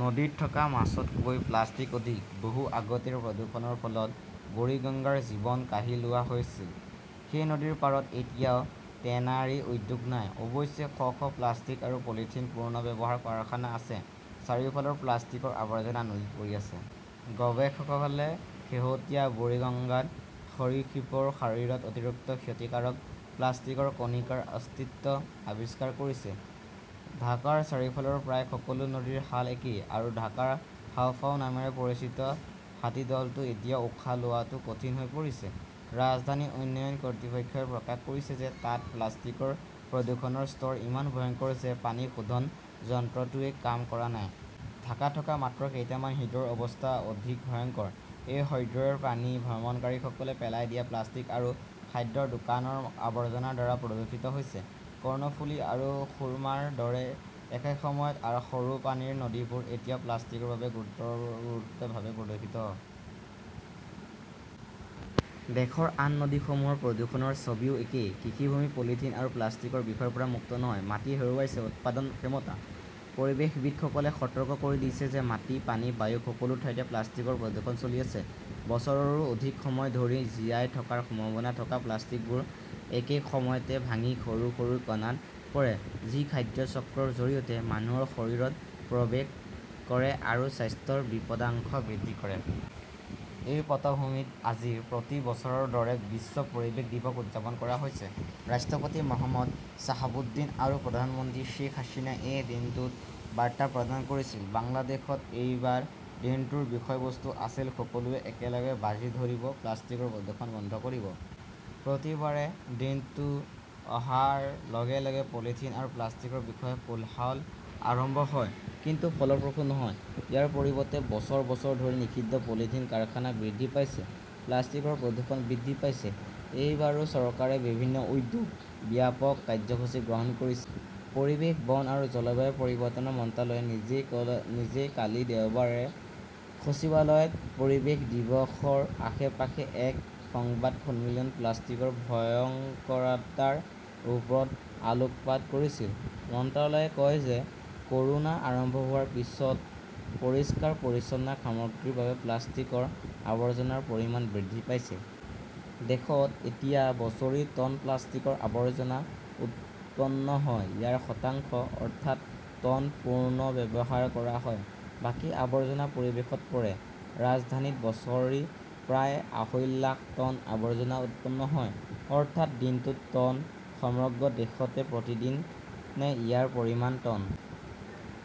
নদীত থকা মাছতকৈ প্লাষ্টিক অধিক। বহু আগতেই প্ৰদূষণৰ ফলত বুৰিগঙ্গাৰ জীৱন কাঢ়ি লোৱা হৈছিল। সেই নদীৰ পাৰত এতিয়া টেনাৰী উদ্যোগ নাই। অৱশ্যে, শ শ প্লাষ্টিক আৰু পলিথিন পুনৰ্ব্যৱহাৰ কাৰখানা আছে। চাৰিওফালৰ প্লাষ্টিকৰ আৱৰ্জনা নদীত পৰি আছে। গৱেষকসকলে শেহতীয়াকৈ বুৰিগাংগাত সৰীসৃপৰ শৰীৰত অতিৰিক্ত ক্ষতিকাৰক প্লাষ্টিকৰ কণিকাৰ অস্তিত্ব আৱিষ্কাৰ কৰিছে। ঢাকাৰ চাৰিওফালৰ প্ৰায় সকলো নদীৰ হাল একেই। আৰু ঢাকাৰ 'হাঁওফাঁও নামেৰে পৰিচিত হাতীদলতো এতিয়া উশাহ লোৱাটোও কঠিন হৈ পৰিছে। ৰাজধানী উন্নয়ন কৰ্তৃপক্ষই প্ৰকাশ কৰিছে যে তাত প্লাষ্টিকৰ প্ৰদূষণৰ স্তৰ ইমান ভয়ংকৰ যে পানী শোধন যন্ত্ৰটোৱেও কাম কৰা নাই। ঢাকাত থকা মাত্ৰ কেইটামান হ্ৰদৰ অৱস্থা অধিক ভয়ংকৰ। এই হ্ৰদৰ পানী ভ্ৰমণকাৰীসকলে পেলাই দিয়া প্লাষ্টিক আৰু খাদ্যৰ দোকানৰ আৱৰ্জনাৰ দ্বাৰা প্ৰদূষিত হৈছে। কৰ্ণফুলি আৰু সুৰমাৰ দৰে এসময়ত সৰু পানীৰ নদীবোৰ এতিয়া প্লাষ্টিকৰ বাবে গুৰুতৰভাৱে প্ৰদূষিত। দেশৰ আন নদীসমূহৰ প্ৰদূষণৰ ছবিও একেই। কৃষিভূমি পলিথিন আৰু প্লাষ্টিকৰ বিষৰ পৰা মুক্ত নহয়। মাটি হেৰুৱাইছে উৎপাদন ক্ষমতা। পৰিৱেশবিদসকলে সতৰ্ক কৰি দিছে যে মাটি, পানী, বায়ু-সকলো ঠাইতে প্লাষ্টিকৰ প্ৰদূষণ চলি আছে। বছৰৰো অধিক সময় ধৰি জীয়াই থকাৰ সম্ভাৱনা থকা প্লাষ্টিকবোৰ একে সময়তে ভাঙি সৰু সৰু কণাত পৰে, যি খাদ্য চক্ৰৰ জৰিয়তে মানুহৰ শৰীৰত প্ৰৱেশ কৰে আৰু স্বাস্থ্যৰ বিপদাশংকা বৃদ্ধি কৰে। এই পটভূমিত আজি প্ৰতি বছৰৰ দৰে বিশ্ব পৰিৱেশ দিৱস উদযাপন কৰা হৈছে। ৰাষ্ট্ৰপতি মহম্মদ শ্বাহাবুদ্দিন আৰু প্ৰধানমন্ত্ৰী শ্বেইখ হাছিনাই এই দিনটোত বাৰ্তা প্ৰদান কৰিছিল। বাংলাদেশত এইবাৰ দিনটোৰ বিষয়বস্তু আছিল সকলোৱে একেলগে বাজি ধৰিব, প্লাষ্টিকৰ প্ৰদূষণ বন্ধ কৰিব। প্ৰতিবাৰে দিনটো অহাৰ লগে লগে পলিথিন আৰু প্লাষ্টিকৰ বিষয়ে কোলাহল আৰম্ভ হয়। কিন্তু ফলপ্ৰসূ নহয়। ইয়াৰ পৰিৱৰ্তে বছৰ বছৰ ধৰি নিষিদ্ধ পলিথিন কাৰখানা বৃদ্ধি পাইছে, প্লাষ্টিকৰ প্ৰদূষণ বৃদ্ধি পাইছে। এইবাৰো চৰকাৰে বিভিন্ন উদ্যোগ, ব্যাপক কাৰ্যসূচী গ্ৰহণ কৰিছে। পৰিৱেশ, বন আৰু জলবায়ু পৰিৱৰ্তন মন্ত্ৰালয়ে নিজেই কালি দেওবাৰে সচিবালয়ত পৰিৱেশ দিৱসৰ আশে-পাশে এক সংবাদ সন্মিলনত প্লাষ্টিকৰ ভয়ংকৰতাৰ ওপৰত আলোকপাত কৰিছিল। মন্ত্ৰালয়ে কয় যে ক’ৰোনা আৰম্ভ হোৱাৰ পিছত পৰিষ্কাৰ-পৰিচ্ছন্নতা সামগ্ৰীৰ বাবে প্লাষ্টিকৰ আৱৰ্জনাৰ পৰিমাণ বৃদ্ধি পাইছে। দেশত এতিয়া বছৰি টন প্লাষ্টিকৰ আৱৰ্জনা উৎপন্ন হয়। ইয়াৰ শতাংশ, অৰ্থাৎ, টন, পুনৰ্ব্যৱহাৰ কৰা হয়। বাকী আৱৰ্জনা পৰিৱেশত পৰে। ৰাজধানীত বছৰি প্ৰায় আঢ়ৈ লাখ টন আৱৰ্জনা উৎপন্ন হয়, অৰ্থাৎ দিনটোত টন। সমগ্ৰ দেশতে প্ৰতিদিনে ইয়াৰ পৰিমাণ, টন।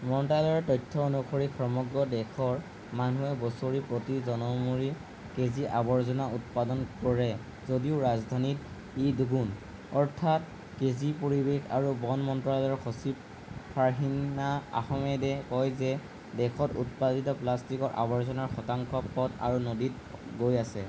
মন্ত্ৰালয়ৰ তথ্য অনুসৰি সমগ্ৰ দেশৰ মানুহে বছৰি প্ৰতি জনমূৰি কেজি আৱৰ্জনা উৎপাদন কৰে যদিও ৰাজধানীত ই দুগুণ, অৰ্থাৎ কেজি। পৰিৱেশ আৰু বন মন্ত্ৰালয়ৰ সচিব ফাৰ্হিনা আহমেদে কয় যে দেশত উৎপাদিত প্লাষ্টিকৰ আৱৰ্জনাৰ শতাংশ পথ আৰু নদীত গৈ আছে।